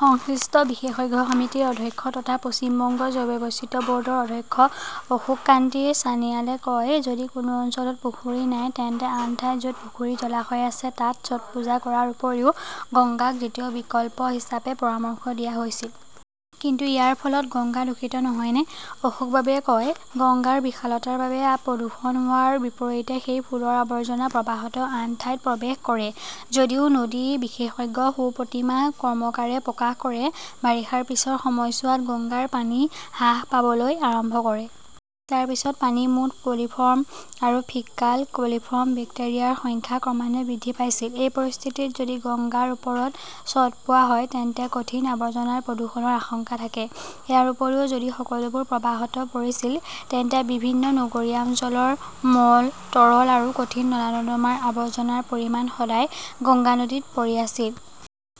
সংশ্লিষ্ট বিশেষজ্ঞ সমিতিৰ অধ্যক্ষ তথা পশ্চিম বংগ জৈৱ বৈচিত্ৰ্য বৰ্ডৰ অধ্যক্ষ অশোককান্তি ছানিয়ালে কয়, যদি কোনো অঞ্চলত পুখুৰী নাই, তেন্তে আন ঠাইত যত পুখুৰী-জলাশয় আছে তাত ছট পূজা কৰাৰ উপৰিও গংগাক দ্বিতীয় বিকল্প হিচাপে পৰামৰ্শ দিয়া হৈছিল। কিন্তু ইয়াৰ ফলত গংগা দূষিত নহয়নে? অশোকবাবুৱে কয়, গংগাৰ বিশালতাৰ বাবে প্ৰদূষণ হোৱাৰ বিপৰীতে, সেই ফুলৰ আৱৰ্জনা প্ৰবাহত আন ঠাইত প্ৰৱেশ কৰে। যদিও নদী বিশেষজ্ঞ সুপ্ৰতীমা কৰ্মকাৰে প্ৰকাশ কৰে, বাৰিষাৰ পিছৰ সময়ছোৱাত গংগাৰ পানী হ্ৰাস পাবলৈ আৰম্ভ কৰে। তাৰ পিছত পানীত মুঠ কলিফৰ্ম আৰু ফিক্কাল কলিফৰ্ম বেক্টেৰিয়াৰ সংখ্যা ক্ৰমান্বয়ে বৃদ্ধি পাইছিল। এই পৰিস্থিতিত যদি গংগাৰ ওপৰত ছটপোৱা হয় তেন্তে কঠিন আৱৰ্জনাৰ প্ৰদূষণৰ আশংকা থাকে। ইয়াৰ উপৰিও, যদি সকলোবোৰ প্ৰবাহত পৰিছিল, তেন্তে বিভিন্ন নগৰীয়া অঞ্চলৰ মল, তৰল আৰু কঠিন নলা-নৰ্দমাৰ আৱৰ্জনাৰ পৰিমাণ সদায় গংগা নদীত পৰি আছিল!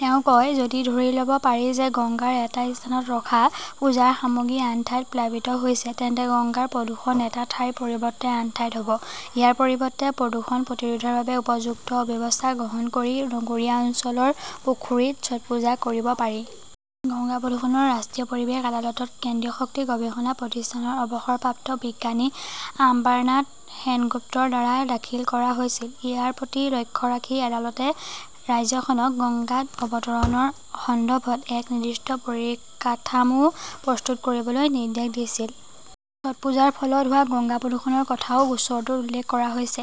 তেওঁ কয়, যদি ধৰি লব পাৰি যে গংগাৰ এটা স্থানত ৰখা পূজাৰ সামগ্ৰী আন ঠাইত প্লাবিত হৈছে, তেন্তে গংগাৰ প্ৰদূষণ এটা ঠাইৰ পৰিৱৰ্তে আন ঠাইত হব। ইয়াৰ পৰিৱৰ্তে, প্ৰদূষণ প্ৰতিৰোধৰ বাবে উপযুক্ত ব্যৱস্থা গ্ৰহণ কৰি নগৰীয়া অঞ্চলৰ পুখুৰীত ছটপুজা কৰিব পাৰি। গংগা প্ৰদূষণৰ ৰাষ্ট্ৰীয় পৰিৱেশ আদালতত কেন্দ্ৰীয় শক্তি গৱেষণা প্ৰতিষ্ঠানৰ অৱসৰপ্ৰাপ্ত বিজ্ঞানী আম্বাৰনাথ সেনগুপ্তৰ দ্বাৰা দাখিল কৰা হৈছিল। ইয়াৰ প্ৰতি লক্ষ্য ৰাখি আদালতে ৰাজ্যখনক গঙ্গাত অৱতৰণৰ সন্দৰ্ভত এক নিৰ্দিষ্ট পৰিকাঠামো প্ৰস্তুত কৰিবলৈ নিৰ্দেশ দিছিল। ছটপূজাৰ ফলত হোৱা গংগা প্ৰদূষণৰ কথাও গোচৰটোত উল্লেখ কৰা হৈছে,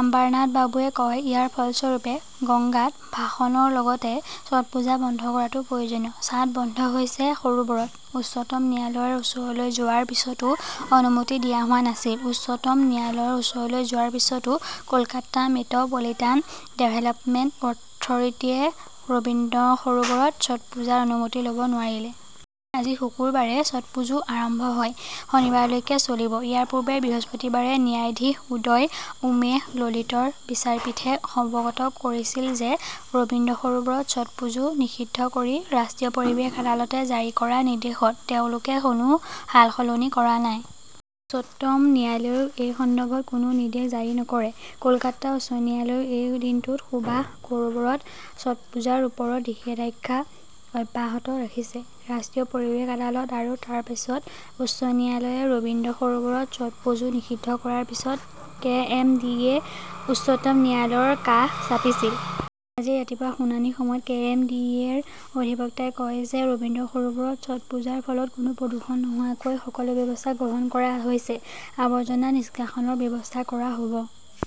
আম্বাৰনাথবাবুৱে কয়। ইয়াৰ ফলস্বৰূপে, গঙ্গাত ভাসনৰ লগতে ছটপূজা বন্ধ কৰাটো প্ৰয়োজনীয়। ছাট বন্ধ হৈছে সৰোবৰত, উচ্চতম ন্যায়ালয়ৰ ওচৰলৈ যোৱাৰ পিছতো অনুমতি দিয়া হোৱা নাছিল উচ্চতম ন্যায়ালয়ৰ ওচৰলৈ যোৱাৰ পিছতো Kolkata 'metropolitan development authority -য়ে ৰবীন্দ্ৰ সৰোবৰত ছটপূজাৰ অনুমতি ল' ব নোৱাৰিলে। আজি শুক্ৰবাৰে ছটপুজো আৰম্ভ হয়। শনিবাৰলৈকে চলিব। ইয়াৰ পূৰ্বে বৃহস্পতিবাৰে ন্যায়াধীশ উদয় উমেশ ললিতৰ বিচাৰপীঠে অৱগত কৰিছিল যে ৰবীন্দ্ৰ সৰোবৰত ছটপুজো নিষিদ্ধ কৰি ৰাষ্ট্ৰীয় পৰিৱেশ আদালতে জাৰি কৰা নিৰ্দেশত তেওঁলোকে কোনো সালসলনি কৰা নাই। উচ্চতম ন্যায়ালয়েও এই সন্দৰ্ভত কোনো নিৰ্দেশ জাৰি নকৰে। কলকাতা উচ্চ ন্যায়ালয়েও এই দিনটোত সুভাষ সৰোবৰত ছটপুজাৰ ওপৰত নিষেধাজ্ঞা অব্যাহত ৰাখিছে। ৰাষ্ট্ৰীয় পৰিৱেশ আদালত আৰু তাৰ পিছত উচ্চ ন্যায়ালয়ে ৰবীন্দ্ৰ সৰোবৰত ছটপুজো নিষিদ্ধ কৰাৰ পিছত কেএমডিএ-য়ে উচ্চতম ন্যায়ালয়ৰ কাষ চাপিছিল। আজি ৰাতিপুৱা শুনানিৰ সময়ত কে. এম. ডি. এ. -ৰ অধিবক্তাই কয় যে ৰবীন্দ্ৰ সৰোবৰত ছটপুজাৰ ফলত কোনো প্ৰদূষণ নোহোৱাকৈ সকলো ব্যৱস্থা গ্ৰহণ কৰা হৈছে। আৱৰ্জনা নিষ্কাশনৰ ব্যৱস্থা কৰা হব।